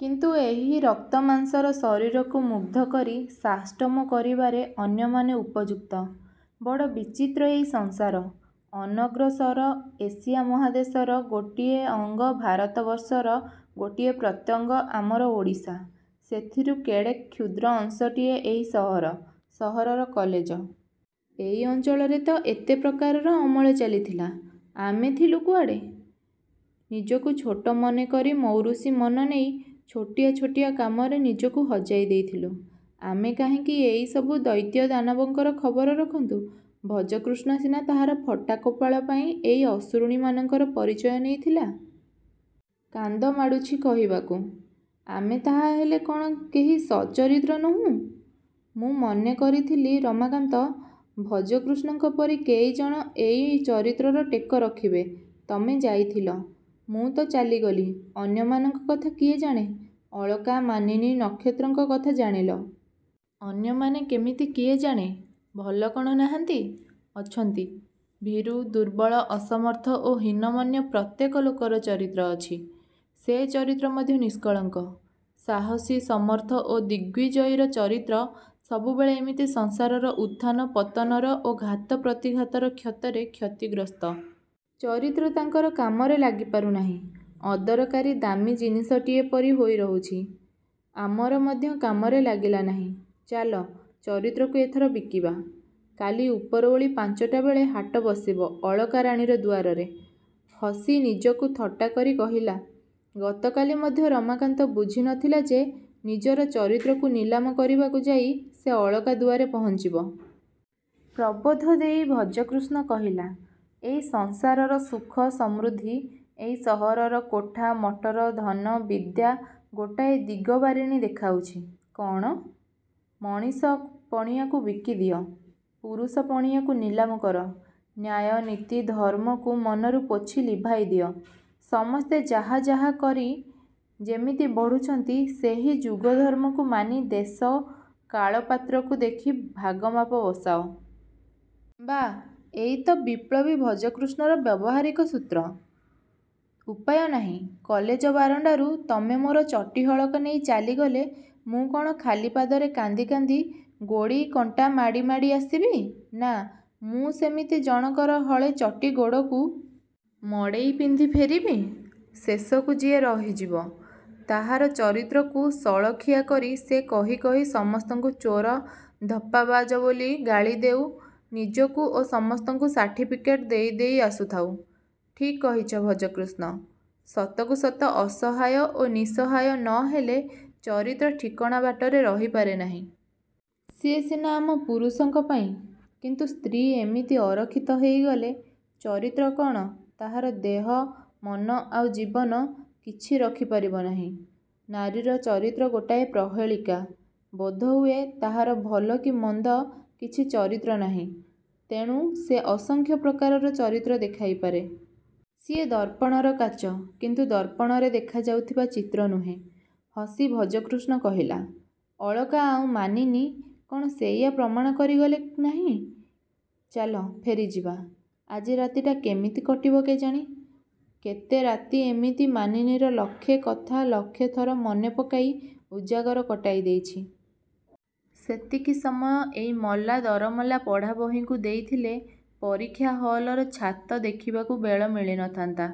କିନ୍ତୁ ଏହି ରକ୍ତ ମାଂସର ଶରୀରକୁ ମୁଗ୍ଧ କରି ସାଷ୍ଟମ କରିବାରେ ଅନ୍ୟମାନେ ଉପଯୁକ୍ତ। -ବଡ଼ ବିଚିତ୍ର ଏଇ ସଂସାର। ଅନଗ୍ରସର ଏସିଆ ମହାଦେଶର ଗୋଟିଏ ଅଙ୍ଗ ଭାରତ ବର୍ଷର ଗୋଟିଏ ପ୍ରତ୍ୟଙ୍ଗ ଆମର ଓଡ଼ିଶା। ସେଥିରୁ କେଡ଼େ କ୍ଷୁଦ୍ର ଅଂଶଟିଏ ଏହି ସହର-ସହରର କଲେଜ। ଏଇ ଅଞ୍ଚଳରେ ତ ଏତେ ପ୍ରକାରର ଅମଳ ଚାଲିଥିଲା। ଆମେ ଥିଲୁ କୁଆଡ଼େ? -ନିଜକୁ ଛୋଟ ମନେକରି ମୌରୁଷୀ ମନ ନେଇ ଛୋଟିଆ ଛୋଟିଆ କାମରେ ନିଜକୁ ହଜାଇ ଦେଇଥିଲୁ। ଆମେ କାହିଁକି ଏଇ ସବୁ ଦୈତ୍ୟ-ଦାନବଙ୍କର ଖବର ରଖନ୍ତୁ-ଭଜକୃଷ୍ଣ ସିନା ତାହାର ଫଟା କପାଳ ପାଇଁ ଏହି ଅସୁରୁଣୀମାନଙ୍କର ପରିଚୟ ନେଇଥିଲା। -କାନ୍ଦ ମାଡ଼ୁଛି କହିବାକୁ। ଆମେ ତାହାହେଲେ କ'ଣ କେହି ସଚ୍ଚରିତ୍ର ନୋହୁଁ? ମୁଁ ମନେ କରିଥିଲି ରମାକାନ୍ତ, ଭଜକୃଷ୍ଣଙ୍କ ପରି କେଇଜଣ ଏଇ ଚରିତ୍ରର ଟେକ ରଖିବେ-ତମେ ଯାଇଥିଲ। ମୁଁ ତ ଚାଲିଗଲି। ଅନ୍ୟମାନଙ୍କ କଥା କିଏ ଜାଣେ? ଅଳକା, ମାନିନୀ, ନକ୍ଷତ୍ରଙ୍କ କଥା ଜାଣିଲ। ଅନ୍ୟମାନେ କେମିତି କିଏ ଜାଣେ? ଭଲ କ'ଣ ନାହାନ୍ତି? -ଅଛନ୍ତି। ଭୀରୁ, ଦୁର୍ବଳ, ଅସମର୍ଥ ଓ ହୀନ-ମନ୍ୟ ପ୍ରତ୍ୟେକ ଲୋକର ଚରିତ୍ର ଅଛି। ସେ ଚରିତ୍ର ମଧ୍ୟ ନିଷ୍କଳଙ୍କ। ସାହସୀ, ସମର୍ଥ ଓ ଦିଗ୍ବିଜୟୀର ଚରିତ୍ର ସବୁବେଳେ ଏମିତି ସଂସାରର ଉତ୍ଥାନ-ପତନର ଓ ଘାତ-ପ୍ରତିଘାତର କ୍ଷତରେ କ୍ଷତିଗ୍ରସ୍ତ। ଚରିତ୍ର ତାଙ୍କର କାମରେ ଲାଗି ପାରୁନାହିଁ। ଅଦରକାରୀ ଦାମୀ ଜିନିଷଟିଏ ପରି ହୋଇ ରହୁଛି। ଆମର ମଧ୍ୟ କାମରେ ଲାଗିଲା ନାହିଁ। -ଚାଲ, ଚରିତ୍ରକୁ ଏଥର ବିକିବା। କାଲି ଉପରଓଳି ପାଞ୍ଚଟା ବେଳେ ହାଟ ବସିବ ଅଳକାରାଣୀର ଦୁଆରରେ। ହସି ନିଜକୁ ଥଟ୍ଟାକରି କହିଲା-ଗତକାଲି ମଧ୍ୟ ରମାକାନ୍ତ ବୁଝି ନ ଥିଲା ଯେ ନିଜର ଚରିତ୍ରକୁ ନିଲାମ କରିବାକୁ ସେ ଯାଇ ଅଳକା ଦୁଆରେ ପହଞ୍ଚିବ। ପ୍ରବୋଧ ଦେଇ ଭଜକୃଷ୍ଣ କହିଲା-ଏଇ ସଂସାରର ସୁଖ ସମୃଦ୍ଧି-ଏଇ ସହରର କୋଠା, ମଟର, ଧନ, ବିଦ୍ୟା ଗୋଟାଏ ଦିଗବାରିଣି ଦେଖାଉଛି। -କଣ? -ମଣିଷ-ପଣିଆକୁ ବିକିଦିଅ। ପୁରୁଷ-ପଣିଆକୁ ନିଲାମ କର। ନ୍ୟାୟ, ନୀତି, ଧର୍ମ୍ମକୁ ମନରୁ ପୋଛି ଲିଭାଇ ଦିଅ। ସମସ୍ତେ ଯାହା ଯାହା କରି ଯେମିତି ବଢ଼ୁଛନ୍ତି ସେହି ଯୁଗଧର୍ମ୍ମକୁ ମାନି ଦେଶ କାଳ-ପାତ୍ରକୁ ଦେଖି ଭାଗ ମାପ ବସାଅ। -ବାଃ, ଇଏତ ବିପ୍ଳବୀ ଭଜକୃଷ୍ଣର ବ୍ୟବହାରିକ ସୂତ୍ର। -ଉପାୟ ନାହିଁ। କଲେଜ ବାରଣ୍ଡାରୁ ତମେ ମୋର ଚଟି ହଳକ ନେଇ ଚାଲିଗଲେ ମୁଁ କ'ଣ ଖାଲି ପାଦରେ କାନ୍ଦି କାନ୍ଦି ଗୋଡ଼ି, କଣ୍ଟା ମାଡ଼ି ମାଡ଼ି ଆସିବି? -ନା,-ମୁଁ ସେମିତି ଜଣକର ହଳେ ଚଟି ଗୋଡ଼କୁ। ମଡ଼େଇ ପିନ୍ଧି ଫେରିବି? -ଶେଷକୁ ଯିଏ ରହିଯିବ। -ତାହାର ଚରିତ୍ରକୁ ସଳଖିଆ କରି ସେ କହି କହି ସମସ୍ତଙ୍କୁ ଚୋର-ଧପ୍ପାବାଜ ବୋଲି ଗାଳି ଦେଉ, ନିଜକୁ ଓ ସମସ୍ତଙ୍କୁ ସାର୍ଟିଫିକେଟ୍ ଦେଇ ଦେଇ ଆସୁଥାଉ। -ଠିକ୍ କହିଚ ଭଜକୃଷ୍ଣ। ସତକୁ ସତ ଅସହାୟ ଓ ନିସହାୟ ନ ହେଲେ ଚରିତ୍ର ଠିକଣା ବାଟରେ ରହିପାରେ ନାହିଁ। ସିଏ ସିନା ଆମ ପୁରୁଷଙ୍କ ପାଇଁ। କିନ୍ତୁ ସ୍ତ୍ରୀ ଏମିତି ଅରଖିତ ହେଇଗଲେ ଚରିତ୍ର କ'ଣ-ତାହାର ଦେହ, ମନ ଆଉ ଜୀବନ-କିଛି ରଖି ପାରିବ ନାହିଁ। ନାରୀର ଚରିତ୍ର ଗୋଟାଏ ପ୍ରହେଳିକା। -ବୋଧହୁଏ ତାହାର ଭଲ କି ମନ୍ଦ କିଛି ଚରିତ୍ର ନାହିଁ। ତେଣୁ ସେ ଅସଂଖ୍ୟ ପ୍ରକାରର ଚରିତ୍ର ଦେଖାଇ ପାରେ। -ସିଏ ଦର୍ପଣର କାଚ; କିନ୍ତୁ ଦର୍ପଣରେ ଦେଖାଯାଉଥିବା ଚିତ୍ର ନୁହେଁ। ହସି ଭଜକୃଷ୍ଣ କହିଲା। ଅଳକା ଆଉ ମାନିନୀ, କ'ଣ ସେଇଆ ପ୍ରମାଣ କରିଗଲେ ନାହିଁ? -ଚାଲ ଫେରିଯିବା। ଆଜି ରାତିଟା କେମିତି କଟିବ କେଜାଣି? -କେତେ ରାତି ଏମିତି ମାନିନୀର ଲକ୍ଷେ କଥା ଲକ୍ଷେ ଥର ମନେ ପକାଇ ଉଜାଗର କଟାଇ ଦେଇଛି। ସେତିକି ସମୟ ଏଇ ମଲା ଦରମଲା ପଢ଼ା ବହିଙ୍କୁ ଦେଇଥିଲେ ପରୀକ୍ଷା ହଲର ଛାତ ଦେଖିବାକୁ ବେଳ ମିଳି ନ ଥାନ୍ତା।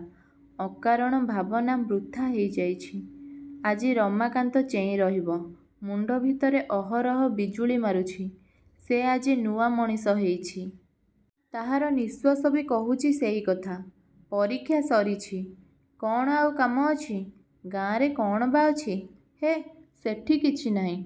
ଅକାରଣ ଭାବନା ବୃଥା ହେଇଯାଇଛି। -ଆଜି ରମାକାନ୍ତ ଚେଇଁ ରହିବ। ମୁଣ୍ଡ ଭିତରେ ଅହରହ ବିଜୁଳି ମାରୁଛି। ସେ ଆଜି ନୂଆ ମଣିଷ ହେଇଛି। ତାହାର ନିଶ୍ୱାସ ବି କହୁଛି ସେଇ କଥା। ପରୀକ୍ଷା ସରିଛି। କ'ଣ ଆଉ କାମ ଅଛି? ଗାଁରେ କ'ଣ ବା ଅଛି? -ହେ, ସେଠି କିଛି ନାହିଁ।